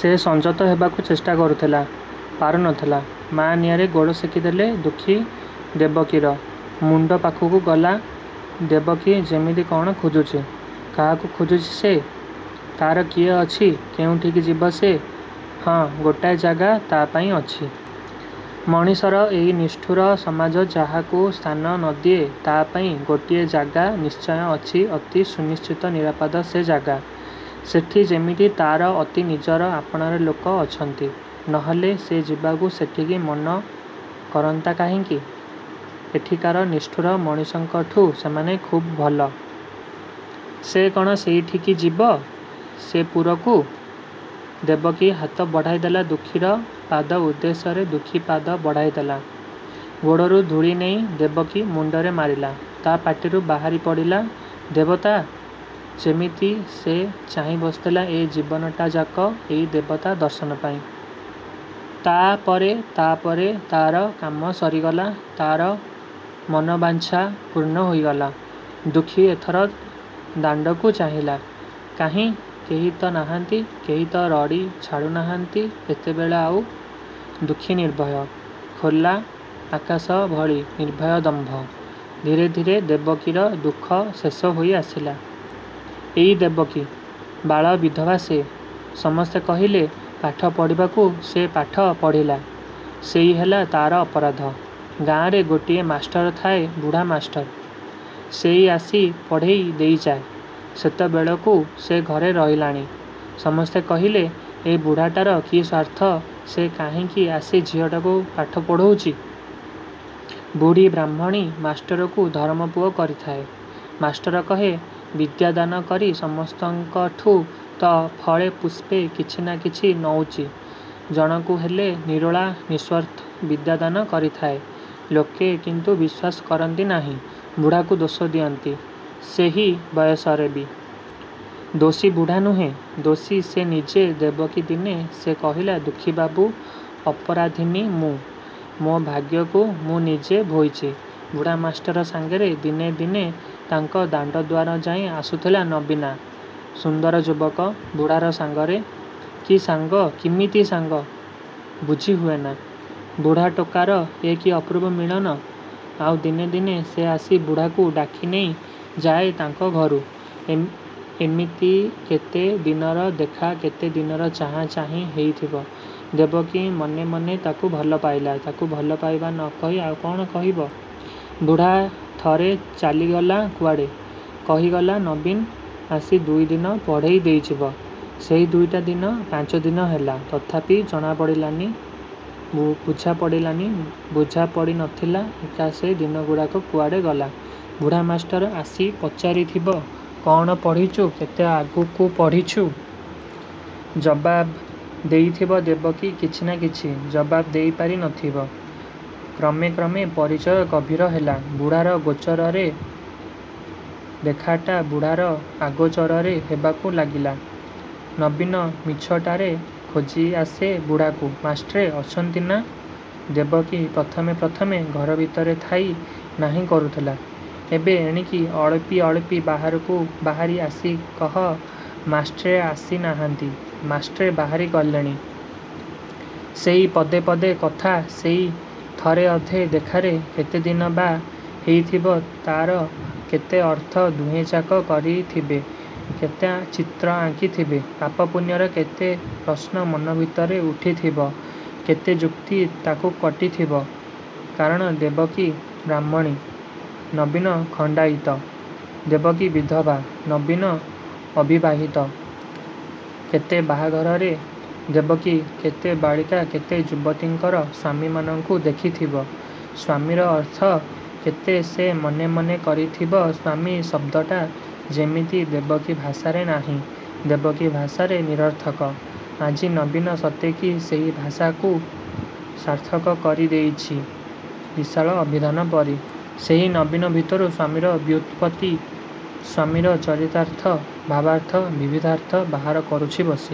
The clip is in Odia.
ସେ ସଂଯତ ହେବାକୁ ଚେଷ୍ଟା କରୁଥିଲା। ପାରୁ ନଥିଲା। ମା ନିଆଁରେ ଗୋଡ଼ ସେକି ଦେଲେ। ଦୁଃଖୀ ଦେବକୀର। ମୁଣ୍ଡ ପାଖକୁ ଗଲା। ଦେବକୀ ଯେମିତି କ'ଣ ଖୋଜୁଛି। କାହାକୁ ଖୋଜୁଛି ସେ? ତା'ର କିଏ ଅଛି କେଉଁଠିକି ଯିବ ସେ? ହଁ, ଗୋଟାଏ ଜାଗା ତା'ପାଇଁ ଅଛି। ମଣିଷର ଏଇ ନିଷ୍ଠୁର ସମାଜ ଯାହାକୁ ସ୍ଥାନ ନଦିଏ ତା'ପାଇଁ ଗୋଟିଏ ଜାଗା ନିଶ୍ଚୟ ଅଛି ଅତି ସୁନିଶ୍ଚିତ ନିରାପଦ ସେ ଜାଗା। ସେଠି ଯେମିତି ତା'ର ଅତି ନିଜର, ଆପଣାର ଲୋକ ଅଛନ୍ତି। ନହେଲେ ସେ ଯିବାକୁ ସେଠିକି ମନ କରନ୍ତା କାହିଁକି? ଏଠିକାର ନିଷ୍ଠୁର ମଣିଷଙ୍କଠୁ ସେମାନେ ଖୁବ୍ ଭଲ। ସେ କ'ଣ ସେଇଠିକି ଯିବ? ସେପୁରକୁ। ଦେବକୀ ହାତ ବଢ଼ାଇଦେଲା ଦୁଃଖୀର ପାଦ ଉଦ୍ଦେଶ୍ୟରେ ଦୁଃଖୀ ପାଦ ବଢ଼ାଇଦେଲା। ଗୋଡ଼ରୁ ଧୂଳି ନେଇ ଦେବକୀ ମୁଣ୍ଡରେ ମାରିଲା। ତା' ପାଟିରୁ ବାହାରି ପଡ଼ିଲା ''ଦେବତା! '' ଯେମିତି ସେ ଚାହିଁ ବସିଥିଲା ଏ ଜୀବନଟାଯାକ ଏଇ ଦେବତା ଦର୍ଶନପାଇଁ। ତା'ପରେ ତା'ପରେ ତା'ର କାମ ସରିଗଲା ତା'ର ମନବାଞ୍ଛା ପୂର୍ଣ୍ଣ ହୋଇଗଲା। ଦୁଃଖୀ ଏଥର ଦାଣ୍ଡକୁ ଚାହିଁଲା। କାହିଁ, କେହି ତ ନାହାନ୍ତି କେହି ତ ରଡ଼ି ଛାଡ଼ୁ ନାହାନ୍ତି ଏତେବେଳେ ଆଉ। ଦୁଃଖୀ ନିର୍ଭୟ। ଖୋଲ ଆକାଶ ଭଳି ନିର୍ଭୟ ଦମ୍ଭ! ଧୀରେ ଧୀରେ ଦେବକୀର ଦୁଃଖ ଶେଷ ହେଇ ଆସିଲା। ଏଇ ଦେବକୀ। ବାଳବିଧବା ସେ। ସମସ୍ତେ କହିଲେ ପାଠ ପଢ଼ିବାକୁ ସେ ପାଠ ପଢ଼ିଲା। ସେଇ ହେଲା ତା'ର ଅପରାଧ। ଗାଁରେ ଗୋଟିଏ ମାଷ୍ଟର ଥାଏ ବୁଢ଼ା ମାଷ୍ଟର। ସେଇ ଆସି ପଢ଼େଇ ଦେଇଯାଏଁ। ସେତେବେଳକୁ ସେ ଘରେ ରହିଲାଣି। ସମସ୍ତେ କହିଲେ, ଏ ବୁଢ଼ାଟାର କି ସ୍ୱାର୍ଥ ସେ କାହିଁକି ଆସି ଝିଅଟାକୁ ପାଠ ପଢ଼ଉଚି। ବୁଢ଼ୀ ବ୍ରାହ୍ମଣୀ ମାଷ୍ଟରକୁ ଧରମ ପୁଅ କରିଥାଏ। ମାଷ୍ଟର କହେ ''ବିଦ୍ୟାଦାନ କରି ସମସ୍ତଙ୍କଠୁ ତ ଫଳେ ପୁଷ୍ପେ କିଛି ନା କିଛି ନଉଚି ଜଣକୁ ହେଲେ ନିରୋଳା ନିଃସ୍ୱର୍ଥ ବିଦ୍ୟାଦାନ କରିଥାଏ। '' ଲୋକେ କିନ୍ତୁ ବିଶ୍ୱାସ କରନ୍ତି ନାହିଁ। ବୁଢ଼ାକୁ ଦୋଷ ଦିଅନ୍ତି, ସେହି ବୟସରେବି। ଦୋଷୀ ବୁଢ଼ା ନୁହେଁ। ଦୋଷୀ ସେ ନିଜେ ଦେବକୀ ଦିନେ ସେ କହିଲା ''ଦୁଃଖୀବାବୁ, ଅପରାଧିନୀ ମୁଁ। ମୋ ଭାଗ୍ୟକୁ ମୁଁ ନିଜେ ଭୋଇଚି। ବୁଢ଼ା ମାଷ୍ଟର ସାଙ୍ଗରେ ଦିନେ ଦିନେ ତାଙ୍କ ଦାଣ୍ଡଦୁଆର ଯାଏଁ ଆସୁଥିଲା ନବୀନା। ସୁନ୍ଦର ଯୁବକ। ବୁଢ଼ାର ସାଙ୍ଗରେ। କି ସାଙ୍ଗ, କିମିତି ସାଙ୍ଗ, ବୁଝି ହୁଏନା। ବୁଢ଼ା ଟୋକାର ଏ କି ଅପୂର୍ବ ମିଳନ। ଆଉ ଦିନେ ଦିନେ ସେ ଆସି ବୁଢ଼ାକୁ ଡାକିନେଇ ଯାଏଁ ତାଙ୍କ ଘରୁ। ଏଇମିତି କେତେ ଦିନର ଦେଖା କେତେ ଦିନର ଚାହାଁ ଚାହିଁ ହେଇଥିବ। ଦେବକୀ ମନେ ମନେ ତାକୁ ଭଲପାଇଲା-। ତାକୁ ଭଲ ପାଇବା ନ କହି ଆଉ କ'ଣ କହିବ। ବୁଢ଼ା ଥରେ ଚାଲିଗଲା କୁଆଡ଼େ। କହିଗଲା ନବୀନ ଆସି ଦୁଇଦିନ ପଢ଼େଇ ଦେଇଯିବ। ସେ ଦୁଇଟା ଦିନ ପାଞ୍ଚଦିନ ହେଲା। ତଥାପି ଜଣା ପଡ଼ିଲାନି, ବୁଝା ପଡ଼ିଲାନି ବୁଝା ପଡ଼ି ନଥିଲା ଏକା ସେ ଦିନଗୁଡ଼ାକ କୁଆଡ଼େ ଗଲା। ବୁଢ଼ା ମାଷ୍ଟର ଆସି ପଚାରି ଥିବ କ'ଣ ପଢ଼ିଛୁ କେତେ ଆଗକୁ ପଢ଼ିଛୁ? ଜବାବ ଦେଇଥିବ ଦେବକୀ କିଛି ନା କିଛି ଜବାବ ଦେଇ ପାରି ନଥିବ। କ୍ରମେ କ୍ରମେ ପରିଚୟ ଗଭୀର ହେଲା। ବୁଢ଼ାର ଗୋଚରରେ ଦେଖାଟା ବୁଢ଼ାର ଆଗୋଚରରେ ହେବାକୁ ଲାଗିଲା। ନବୀନ ମିଛଟାରେ ଖୋଜି ଆସେ ବୁଢ଼ାକୁ ''ମାଷ୍ଟ୍ରେ ଅଛନ୍ତିନା-? '' ଦେବକୀ ପ୍ରଥମେ ପ୍ରଥମେ ଘର ଭିତରେ ଥାଇ ନାହିଁ କରୁଥିଲା, ଏବେ ଏଣିକି ଅଳିପି ଅଳିପି ବାହାରକୁ ବାହାରି ଆସି କହ 'ମାଷ୍ଟ୍ରେ ଆସି ନାହାନ୍ତି ମାଷ୍ଟ୍ରେ ବାହାରି ଗଲେଣି। ' ସେଇ ପଦେପଦେ କଥା ସେଇ ଥରେ ଅଧେ ଦେଖାରେ କେତେଦିନ ବା ହେଇଥିବ ତା'ର କେତେ ଅର୍ଥ ଦୁହେଁଯାକ କରିଥିବେ–କେତେ ଚିତ୍ର ଆଙ୍କି ଥିବେ। ପାପ ପୁଣ୍ୟର କେତେ ପ୍ରଶ୍ନ ମନ ଭିତରେ ଉଠିଥିବ–କେତେ ଯୁକ୍ତି ତାକୁ କାଟିଥିବ। କାରଣ ଦେବକୀ ବ୍ରାହ୍ମଣୀ, ନବୀନ ଖଣ୍ଡାଇତ, ଦେବକୀ ବିଧବା, ନବୀନ ଅବିବାହିତ। କେତେ ବାହାଘରରେ ଦେବକୀ କେତେ ବାଳିକା କେତେ ଯୁବତୀଙ୍କର ସ୍ୱାମୀମାନଙ୍କୁ ଦେଖିଥିବ। ସ୍ୱାମୀର ଅର୍ଥ କେତେ ସେ ମନେ ମନେ କରିଥିବ ସ୍ୱାମୀ ଶବ୍ଦଟା ଯେମିତି ଦେବକୀ ଭାଷାରେ ନାହିଁ–ଦେବକୀ ଭାଷାରେ ନିରର୍ଥକ। ଆଜି ବନୀନ ସତେ କି ସେ ଭାଷାଟାକୁ ସାର୍ଥକ କରେଇ ଦେଉଛି–ବିଶାଳ ଅଭିଧାନ ପରି। ସେ ନବୀନ ଭିତରୁ ସ୍ୱାମୀର ବ୍ୟୁତ୍ପତ୍ତି ସ୍ୱାମୀର ଚରିତାର୍ଥ, ଭାବାର୍ଥ ବିବିଧାର୍ଥ ବାହାର କରୁଛି ବସି।